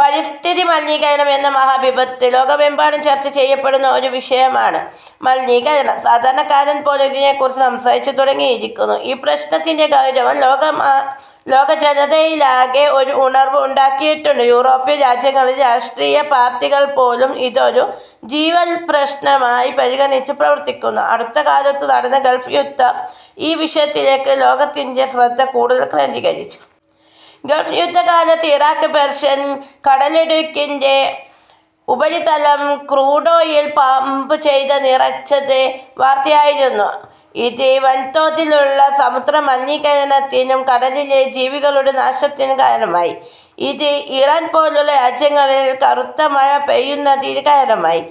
പരിസ്ഥിതി മലിനീകരണം എന്ന മഹാവിപത്ത്: ലോകമെമ്പാടും ചർച്ചചെയ്യപ്പെടുന്ന ഒരു വിഷയമാണ് മലിനീകരണം. സാധാരണക്കാരൻപോലും ഇതിനെക്കുറിച്ച് സംസാരിച്ചു തുടങ്ങിയി രിക്കുന്നു. ഈ പ്രശ്നത്തിന്റെ ഗൗരവം ലോകജനതയിലാകെ ഒരു ഉണർവ്വ് ഉണ്ടാക്കിയിട്ടുണ്ട്. യൂറോപ്യൻ രാജ്യങ്ങളിൽ രാഷ്ട്രീയപാർട്ടി കൾപോലും ഇതൊരു ജീവൽപ്രശ്നമായി പരിഗണിച്ച് പ്രവർത്തിക്കുന്നു. അടുത്തകാലത്തു നടന്ന ഗൾഫ് യുദ്ധം ഈ വിഷയത്തിലേക്കു ലോക ത്തിന്റെ ശ്രദ്ധ കൂടുതൽ കേന്ദ്രീകരിച്ചു. ഗൾഫ് യുദ്ധകാലത്ത് ഇറാക്ക് പേർഷ്യൻ കടലിടുക്കിന്റെ ഉപരിതലം ക്രൂഡോയിൽ പമ്പു ചെയ്ത നിറച്ചത് വാർത്തയായിരുന്നു. ഇത് വൻതോതിലുള്ള സമുദ്ര മലിനീക രണത്തിനും കടലിലെ ജീവികളുടെ നാശത്തിനും കാരണമായി. ഇത് ഇറാൻപോലുള്ള രാജ്യങ്ങളിൽ കറുത്തമഴ പെയ്യുന്നതിനു കാരണമായി.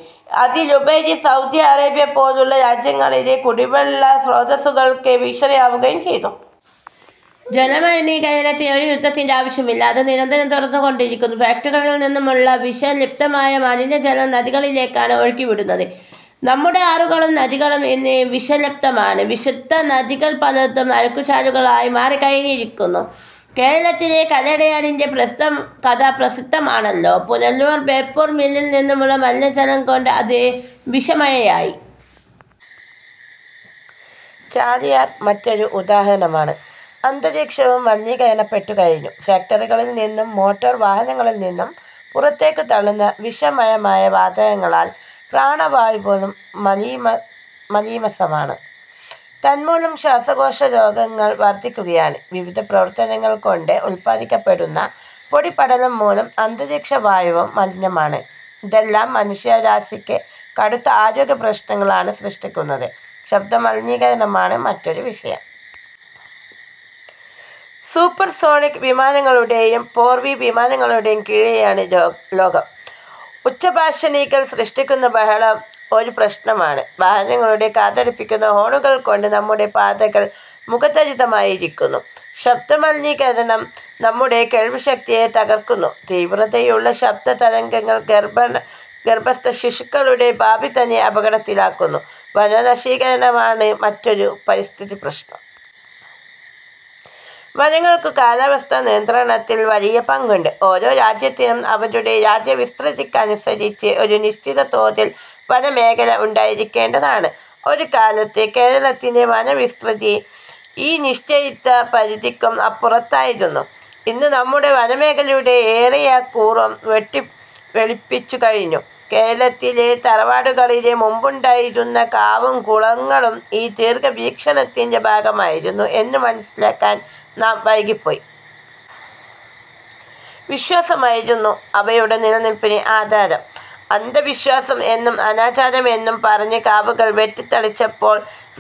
അതിലുമുപരി സൗദി അറേബ്യപോലുള്ള രാജ്യങ്ങളിലെ കുടിവെള്ള സ്രോതസ്സുകൾക്കു ഭീഷണിയാവുകയും ചെയ്തു. ജലമലിനീകരണത്തിന് ഒരു യുദ്ധത്തിന്റെ ആവശ്യമില്ല. അത് നിരന്തരം തുടർന്നുകൊണ്ടിരിക്കുന്നു. ഫാക്ടറികളിൽനിന്നുമുള്ള വിഷ ലിപ്തമായ മലിനജലം നദികളിലേക്കാണ് ഒഴുക്കിവിടുന്നത്. നമ്മുടെ ആറുകളും നദികളും ഇന്ന് വിഷലിപ്തമാണ്. വിശുദ്ധനദികൾ പലതും അഴുക്കുചാലുകളായി മാറിക്കഴിഞ്ഞു. കേരളത്തിലെ കല്ലടയാറിന്റെ കഥ പ്രസിദ്ധമാണല്ലോ. പുനലൂർ പേപ്പർ മില്ലിൽനിന്നുമുള്ള മലിനജലം കൊണ്ട് അത് വിഷമയമായി. ചാലിയാർ മറ്റൊരു ഉദാഹരണമാണ്. അന്തരീക്ഷവും മലിനീകരിക്കപ്പെട്ടുകഴിഞ്ഞു. ഫാക്ടറികളിൽ നിന്നും മോട്ടോർ വാഹനങ്ങളിൽനിന്നും പുറത്തേക്കു തള്ളുന്ന വിഷ മയമായ വാതകങ്ങളാൽ പ്രാണവായുപോലും മലീമസമാണ്. തന്മൂലം ശ്വാസകോശരോഗങ്ങൾ വർധിക്കുകയാണ്. വിവിധ പ്രവർത്തനങ്ങൾ കൊണ്ട് ഉത്പാദിപ്പിക്കപ്പെടുന്ന പൊടിപടലംമൂലം അന്തരീക്ഷവായുവും മലിനമാണ്. ഇതെല്ലാം മുനഷ്യരാശിക്കു കടുത്ത ആരോഗ്യപ്രശ്നങ്ങ ളാണ് സൃഷ്ടിക്കുന്നത്. ശബ്ദമലിനീകരണമാണ് മറ്റൊരു വിഷയം. സൂപ്പർസോണിക് വിമാ നങ്ങളുടെയും പോർവിമാനങ്ങളുടെ കീഴെയാണ് ലോകം. ഉച്ചഭാഷി ണികൾ സൃഷ്ടിക്കുന്ന ബഹളവും ഒരു പ്രശ്നമാണ്. വാഹനങ്ങളുടെ കാതടപ്പിക്കുന്ന ഹോണുകൾകൊണ്ടു നമ്മുടെ പാതകൾ മുഖരിതമാ യിരിക്കുന്നു. ശബ്ദമലിനീകരണം നമ്മുടെ കേൾവിശക്തിയെ തകർ ക്കുന്നു. തീവ്രതയുള്ള ശബ്ദതരംഗങ്ങൾ ഗർഭസ്ഥശിശുക്കളുടെ ഭാവി തന്നെ അപകടത്തിലാക്കുന്നു. വനനശീകരണമാണ് മറ്റൊരു പരിസ്ഥിതിപ്രശ്നം. വനങ്ങൾക്കു കാലാവസ്ഥാനിയന്ത്രണത്തിൽ വലിയ പങ്കുണ്ട്. ഓരോ രാജ്യത്തിനും അവരുടെ രാജ്യവിസ്തൃതിക്കനുസരിച്ച് ഒരു നിശ്ചിതതോതിൽ വന മേഖലയുണ്ടായിരിക്കേണ്ടതാണ്. ഒരുകാലത്ത് കേരളത്തിന്റെ വന വിസ്തൃതി ഈ നിശ്ചിതപരിധിക്കും അപ്പുറമായിരുന്നു. ഇന്നു നമ്മുടെ വനമേഖലയുടെ ഏറിയകൂറും വെട്ടിവെളിപ്പിച്ചു കഴിഞ്ഞു. കേരളത്തിലെ തറവാടുകളിലെ മുമ്പുണ്ടായിരുന്ന കാവും കുളങ്ങളും ഈ ദീർഘവീക്ഷ ണത്തിന്റെ ഭാഗമായിരുന്നു എന്നു മനസ്സിലാക്കാൻ നാം വൈകി പ്പോയി. വിശ്വാസമായിരുന്നു അവയുടെ നിലനില്പിന് ആധാരം. അന്ധ വിശ്വാസം എന്നും അനാചാരമെന്നും പറഞ്ഞ് കാവുകൾ വെട്ടിത്ത ളിച്ചപ്പോൾ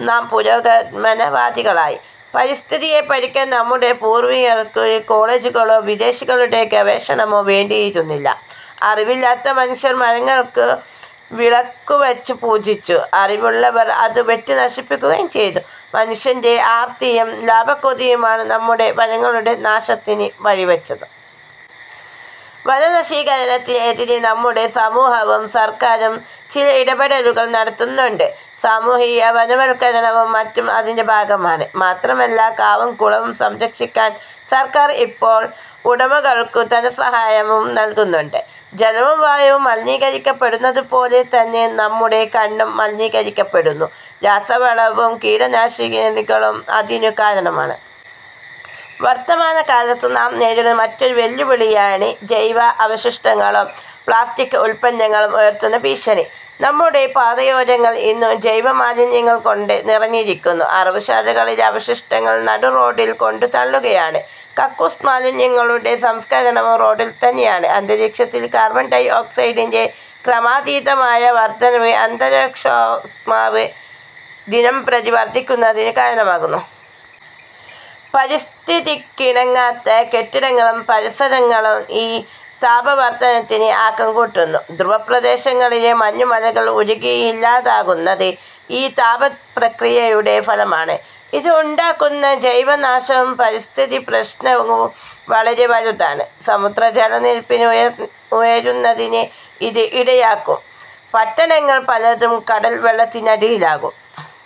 നാം പുരോഗമനവാദികളായി. പരിസ്ഥിതിയെ പഠിക്കാൻ നമ്മുടെ പൂർവികർക്കു കോളജുകളോ വിദേശികളുടെ ഗവേഷണമോ വേണ്ടിയിരുന്നില്ല. അറിവില്ലാത്ത മനുഷ്യർ മരങ്ങൾക്കു വിളക്കുവച്ചു പൂജിച്ചു. അറിവുള്ളവർ അതു വെട്ടിനശിപ്പിക്കുകയും ചെയ്തു. മനു ഷ്യന്റെ ആർത്തിയും ലാഭക്കൊതിയുമാണ് നമ്മുടെ വനങ്ങളുടെ നാശത്തിനു വഴിവച്ചത്. വനനശീകരണത്തിന് എതിരേ നമ്മുടെ സമൂ ഹവും സർക്കാരും ചില ഇടപെടലുകൾ നടത്തുന്നുണ്ട്. സാമൂഹിക വനവൽക്കരണവും മറ്റും അതിന്റെ ഭാഗമാണ്. മാത്രമല്ല, കാവും കുള വും സംരക്ഷിക്കാൻ സർക്കാർ ഇപ്പോൾ ഉടമകൾക്കു ധനസഹായവും നല്കുന്നുണ്ട്. ജലവും വായുവും മലിനീകരിക്കപ്പെടുന്നതുപോലെതന്നെ നമ്മുടെ മണ്ണും മലിനീകരിക്കപ്പെടുന്നു. രാസവളവും കീടനാശിനികളും അതിനു കാരണമാണ്. വർത്തമാനകാലത്ത് നാം നേരിടുന്ന മറ്റൊരു വെല്ലുവി ളിയാണ് ജൈവാവശിഷ്ടങ്ങളും പ്ലാസ്റ്റിക് ഉത്പന്നങ്ങളും ഉയർത്തുന്ന ഭീഷണി. നമ്മുടെ പാതയോരങ്ങൾ ഇന്നു ജൈവമാലിന്യങ്ങൾകൊണ്ടു നിറഞ്ഞിരിക്കുന്നു. അറവുശാലകളിലെ അവശിഷ്ടങ്ങൾ നടുറോഡിൽ കൊണ്ടുത്തള്ളുകയാണ്. കക്കൂസ് മാലിന്യങ്ങളുടെ സംസ്കരണവും റോഡിൽതന്നെയാണ്. അന്തരീക്ഷത്തിലെ കാർബൺ ഡൈ ഓക്സൈഡിന്റെ ക്രമാതീത മായ വർദ്ധനവ് അന്തരീക്ഷോഷ്മാവ് ദിനംപ്രതി വർദ്ധിക്കുന്നതിനു കാരണമാകുന്നു. പരിസ്ഥിതിക്കിണങ്ങാത്ത കെട്ടിടങ്ങളും പരിസര ങ്ങളും ഈ താപവർദ്ധനവിന് ആക്കം കൂട്ടുന്നു. ധ്രുവപ്രദേശങ്ങളിലെ മഞ്ഞുമലകൾ ഉരുകിയില്ലാതാകുന്നത് ഈ താപനപ്രക്രിയയുടെ ഫല മാണ്. ഇത് ഉണ്ടാക്കുന്ന ജൈവനാശവും പാരിസ്ഥിതികപ്രശ്നവും വളരെ വലുതാണ്. സമുദ്രജലനിരപ്പ് ഉയരുന്നതിന് ഇത് ഇടയാക്കും. പട്ടണങ്ങൾ പലതും കടൽവെള്ളത്തിനടിയിലാകും.